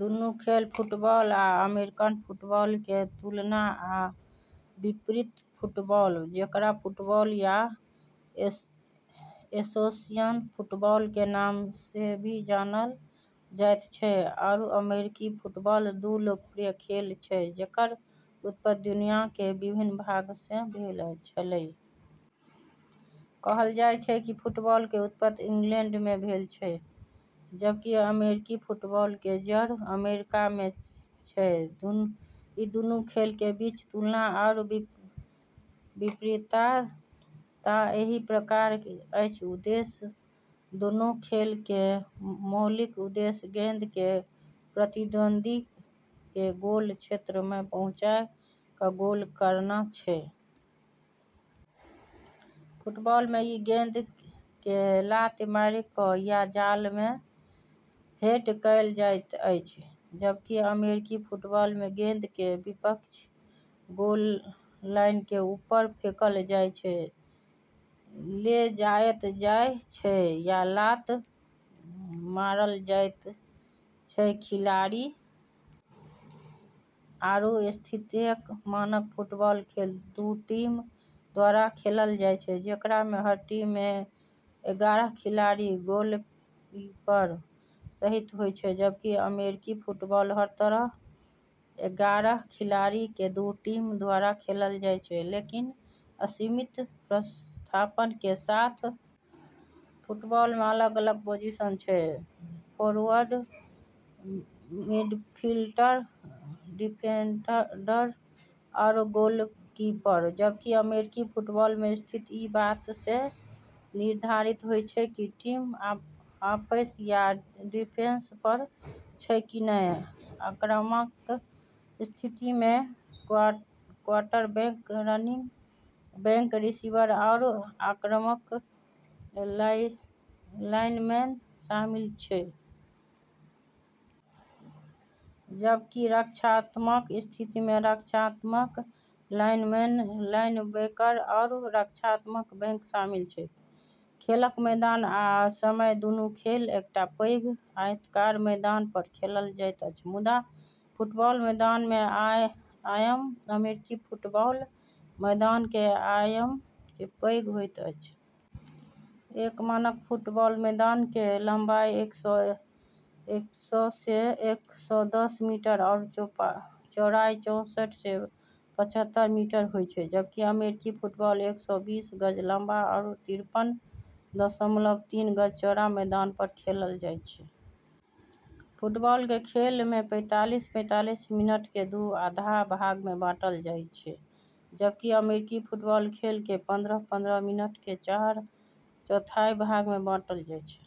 दुनू खेल - फुटबॉल आ अमेरिकन फुटबॉल - के तुलना आ विपरीतफुटबॉल, जेकरा फुटबॉल या एसोसिएशन फुटबॉल के नाम से भी जानल जाय छै, आरू अमेरिकी फुटबॉल, दू लोकप्रिय खेल छै जेकर उत्पत्ति दुनिया के विभिन्न भाग से भेल छेलै। कहल जाय छै कि फुटबॉल के उत्पत्ति इंग्लैंड में भेल छै, जबकि अमेरिकी फुटबॉल के जड़ अमेरिका में छै। ई दूनू खेल के बीच तुलना आरू विपरीतता एहि प्रकार अछि। उद्देश्य दोनों खेल के मौलिक उद्देश्य गेंद के प्रतिद्वंदी के गोल क्षेत्र में पहुँचाय क गोल करना छै। फुटबॉल में ई गेंद के लात मारि क या जाल में हेड कयल जाइत अछि। जबकि अमेरिकी फुटबॉल में गेंद के विपक्षी गोल लाइन के ऊपर फेंकल जाय छै, ले जायल जाय छै या लात मारल जाय छै। खिलाड़ी आरू स्थितिएक मानक फुटबॉल खेल दू टीम द्वारा खेलल जाय छै, जेकरा में हर टीम में एगारह खिलाड़ी गोलकीपर सहित होय छै। जबकि अमेरिकी फुटबॉल हर तरफ एगारह खिलाड़ी के दू टीम द्वारा खेलल जाय छै, लेकिन असीमित प्रतिस्थापन के साथ। फुटबॉल में अलग-अलग पोजीशन छै। फोरवर्ड, मिडफील्डर, डिफेंडर आरू गोलकीपर। जबकि अमेरिकी फुटबॉल में स्थिति ई बात से निर्धारित होय छै कि टीम आफैंस या डिफेंस पर छै कि नै। आक्रामक स्थिति में क्वार्टरबैक, रनिंग बैक, रिसीवर आरू आक्रामक लाइनमैन शामिल छै। जबकि रक्षात्मक स्थिति में रक्षात्मक लाइनमैन, लाइनबैकर आरू रक्षात्मक बैक शामिल छै। खेलक मैदान आ समयदुनू खेल एकटा पैघ आयताकार मैदान पर खेलल जाइत अछि, मुदा फुटबॉल मैदान के आयाम अमेरिकी फुटबॉल मैदान के आयाम से पैघ होइत अछि। एक मानक फुटबॉल मैदान के लम्बाई एक सौ से एक सौ दस मीटर आरू चौड़ाई चौंसठ से पचहत्तर मीटर होय छै। जबकि अमेरिकी फुटबॉल एक सौ बीस गज लम्बा आरू तिरपन दशमलव तीन गज चौड़ा मैदान पर खेलल जाय छै। फुटबॉल के खेल के पैंतालीस पैंतालीस मिनट के दू आधा भाग में बाँटल जाय छै। जबकि अमेरिकी फुटबॉल खेल के पंद्रह पंद्रह मिनट के चार चौथाई भाग में बाँटल जाय छै।